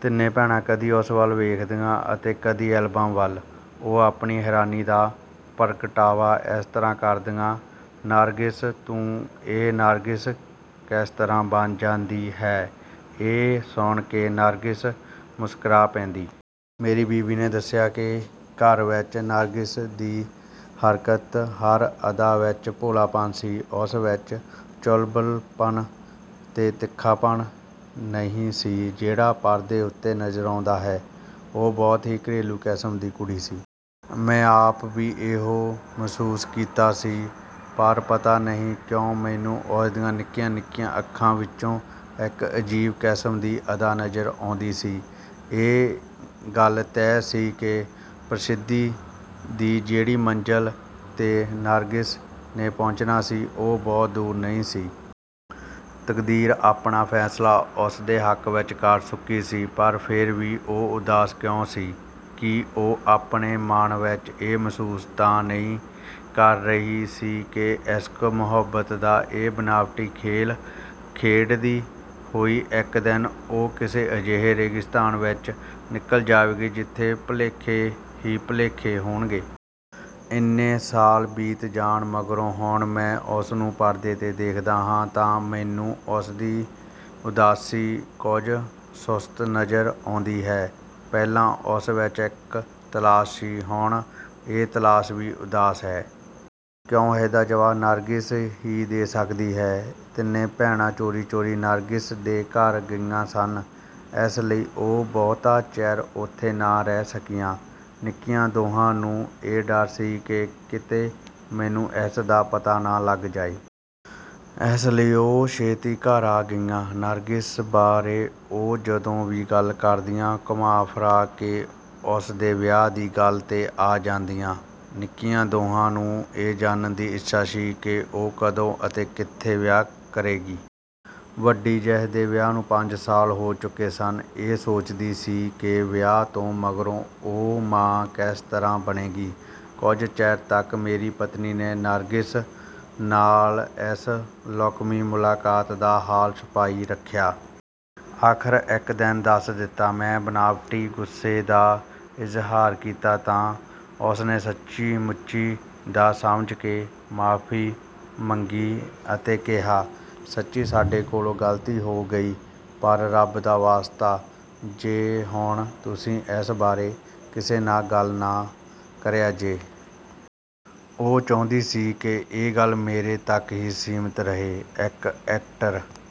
ਤਿੰਨੇ ਭੈਣਾਂ ਕਦੀ ਉਸ ਵੱਲ ਵੇਖਦੀਆਂ ਅਤੇ ਕਦੀ ਐਲਬਮ ਵੱਲ। ਉਹ ਆਪਣੀ ਹੈਰਾਨੀ ਦਾ ਪ੍ਰਗਟਾਵਾ ਇਸ ਤਰ੍ਹਾਂ ਕਰਦੀਆਂ "ਨਰਗਿਸ ਤੂੰ ਇਹ ਨਰਗਿਸ ਕਿਸ ਤਰ੍ਹਾਂ ਬਣ ਜਾਂਦੀ ਹੈ?" ਇਹ ਸੁਣ ਕੇ ਨਰਗਿਸ ਮੁਸਕਰਾ ਪੈਂਦੀ। ਮੇਰੀ ਬੀਵੀ ਨੇ ਦੱਸਿਆ ਕਿ ਘਰ ਵਿੱਚ ਨਰਗਿਸ ਦੀ ਹਰ ਹਰਕਤ ਹਰ ਅਦਾ ਵਿੱਚ ਭੋਲਾਪਨ ਸੀ। ਉਸ ਵਿੱਚ ਚੁਲਬੁਲਾਪਨ ਤੇ ਤਿੱਖਾਪਣ ਨਹੀਂ ਸੀ ਜਿਹੜਾ ਪਰਦੇ ਉੱਤੇ ਨਜ਼ਰ ਆਉਂਦਾ ਹੈ। ਉਹ ਬਹੁਤ ਹੀ ਘਰੇਲੂ ਕਿਸਮ ਦੀ ਕੁੜੀ ਸੀ। ਮੈਂ ਆਪ ਵੀ ਇਹੋ ਮਹਿਸੂਸ ਕੀਤਾ ਸੀ ਪਰ ਪਤਾ ਨਹੀਂ ਕਿਉਂ ਮੈਨੂੰ ਉਸ ਦੀਆਂ ਨਿੱਕੀਆਂ ਨਿੱਕੀਆਂ ਅੱਖਾਂ ਵਿੱਚੋਂ ਇੱਕ ਅਜੀਬ ਕਿਸਮ ਦੀ ਅਦਾ ਨਜ਼ਰ ਆਉਂਦੀ ਸੀ। ਇਹ ਗੱਲ ਤੈਅ ਸੀ ਕਿ ਪ੍ਰਸਿੱਧੀ ਦੀ ਜਿਹੜੀ ਮੰਜ਼ਲ ਤੇ ਨਰਗਿਸ ਨੇ ਪਹੁੰਚਣਾ ਸੀ ਉਹ ਬਹੁਤ ਦੂਰ ਨਹੀਂ ਸੀ। ਤਕਦੀਰ ਆਪਣਾ ਫੈਸਲਾ ਉਸਦੇ ਹੱਕ ਵਿੱਚ ਕਰ ਚੁੱਕੀ ਸੀ ਪਰ ਫਿਰ ਵੀ ਉਹ ਉਦਾਸ ਕਿਉਂ ਸੀ? ਕੀ ਉਹ ਆਪਣੇ ਮਨ ਵਿੱਚ ਇਹ ਮਹਿਸੂਸ ਤਾਂ ਨਹੀਂ ਕਰ ਰਹੀ ਸੀ ਕਿ ਇਸ਼ਕ-ਮੁਹੱਬਤ ਦਾ ਇਹ ਬਨਾਵਟੀ ਖੇਲ ਖੇਡਦੀ ਹੋਈ ਇੱਕ ਦਿਨ ਉਹ ਕਿਸੇ ਅਜਿਹੇ ਰੇਗਿਸਤਾਨ ਵਿੱਚ ਨਿਕਲ ਜਾਵੇਗੀ ਜਿੱਥੇ ਭੁਲੇਖੇ ਹੀ ਭੁਲੇਖੇ ਹੋਣਗੇ। ਇੰਨੇ ਸਾਲ ਬੀਤ ਜਾਣ ਮਗਰੋਂ ਹੁਣ ਮੈਂ ਉਸ ਨੂੰ ਪਰਦੇ ਤੇ ਦੇਖਦਾ ਹਾਂ ਤਾਂ ਮੈਨੂੰ ਉਸਦੀ ਉਦਾਸੀ ਕੁਝ ਸੁਸਤ ਨਜ਼ਰ ਆਉਂਦੀ ਹੈ। ਪਹਿਲਾਂ ਉਸ ਵਿੱਚ ਇੱਕ ਤਲਾਸ਼ ਸੀ। ਹੁਣ ਇਹ ਤਲਾਸ਼ ਵੀ ਉਦਾਸ ਹੈ। ਕਿਉਂ? ਇਸਦਾ ਜਵਾਬ ਨਰਗਿਸ ਹੀ ਦੇ ਸਕਦੀ ਹੈ। ਤਿੰਨੇ ਭੈਣਾਂ ਚੋਰੀ ਚੋਰੀ ਨਰਗਿਸ ਦੇ ਘਰ ਗਈਆਂ ਸਨ। ਇਸ ਲਈ ਉਹ ਬਹੁਤਾ ਚਿਰ ਉਥੇ ਨਾ ਰਹਿ ਸਕੀਆਂ। ਨਿੱਕੀਆਂ ਦੋਹਾਂ ਨੂੰ ਇਹ ਡਰ ਸੀ ਕਿ ਕਿਤੇ ਮੈਨੂੰ ਇਸ ਦਾ ਪਤਾ ਨਾ ਲੱਗ ਜਾਏ। ਇਸ ਲਈ ਉਹ ਛੇਤੀ ਘਰ ਆ ਗਈਆਂ। ਨਰਗਿਸ ਬਾਰੇ ਉਹ ਜਦੋਂ ਵੀ ਗੱਲ ਕਰਦੀਆਂ ਘੁੰਮਾ ਫਿਰਾ ਕੇ ਉਸ ਦੇ ਵਿਆਹ ਦੀ ਗੱਲ ਤੇ ਆ ਜਾਂਦੀਆਂ। ਨਿੱਕੀਆਂ ਦੋਹਾਂ ਨੂੰ ਇਹ ਜਾਣਨ ਦੀ ਇੱਛਾ ਸੀ ਕਿ ਉਹ ਕਦੋਂ ਅਤੇ ਕਿੱਥੇ ਵਿਆਹ ਕਰੇਗੀ? ਵੱਡੀ ਜਿਸ ਦੇ ਵਿਆਹ ਨੂੰ ਪੰਜ ਸਾਲ ਹੋ ਚੁੱਕੇ ਸਨ ਇਹ ਸੋਚਦੀ ਸੀ ਕਿ ਵਿਆਹ ਤੋਂ ਮਗਰੋਂ ਉਹ ਮਾਂ ਕਿਸ ਤਰ੍ਹਾਂ ਬਣੇਗੀ। ਕੁਝ ਚਿਰ ਤੱਕ ਮੇਰੀ ਪਤਨੀ ਨੇ ਨਰਗਿਸ ਨਾਲ ਇਸ ਲੁਕਵੀਂ ਮੁਲਾਕਾਤ ਦਾ ਹਾਲ ਛੁਪਾਈ ਰੱਖਿਆ। ਆਖਰ ਇੱਕ ਦਿਨ ਦੱਸ ਦਿੱਤਾ। ਮੈਂ ਬਨਾਵਟੀ ਗੁੱਸੇ ਦਾ ਇਜ਼ਹਾਰ ਕੀਤਾ ਤਾਂ ਉਸ ਨੇ ਸੱਚੀ-ਮੁੱਚੀ ਦਾ ਸਮਝ ਕੇ ਮਾਫ਼ੀ ਮੰਗੀ ਅਤੇ ਕਿਹਾ "ਸੱਚੀਂ ਸਾਡੇ ਕੋਲੋਂ ਗਲਤੀ ਹੋ ਗਈ ਪਰ ਰੱਬ ਦਾ ਵਾਸਤਾ ਜੇ ਹੁਣ ਤੁਸੀਂ ਇਸ ਬਾਰੇ ਕਿਸੇ ਨਾਲ ਗੱਲ ਨਾ ਕਰਿਆ ਜੇ।" ਉਹ ਚਾਹੁੰਦੀ ਸੀ ਕਿ ਇਹ ਗੱਲ ਮੇਰੇ ਤੱਕ ਹੀ ਸੀਮਤ ਰਹੇ। ਇੱਕ ਐਕਟਰ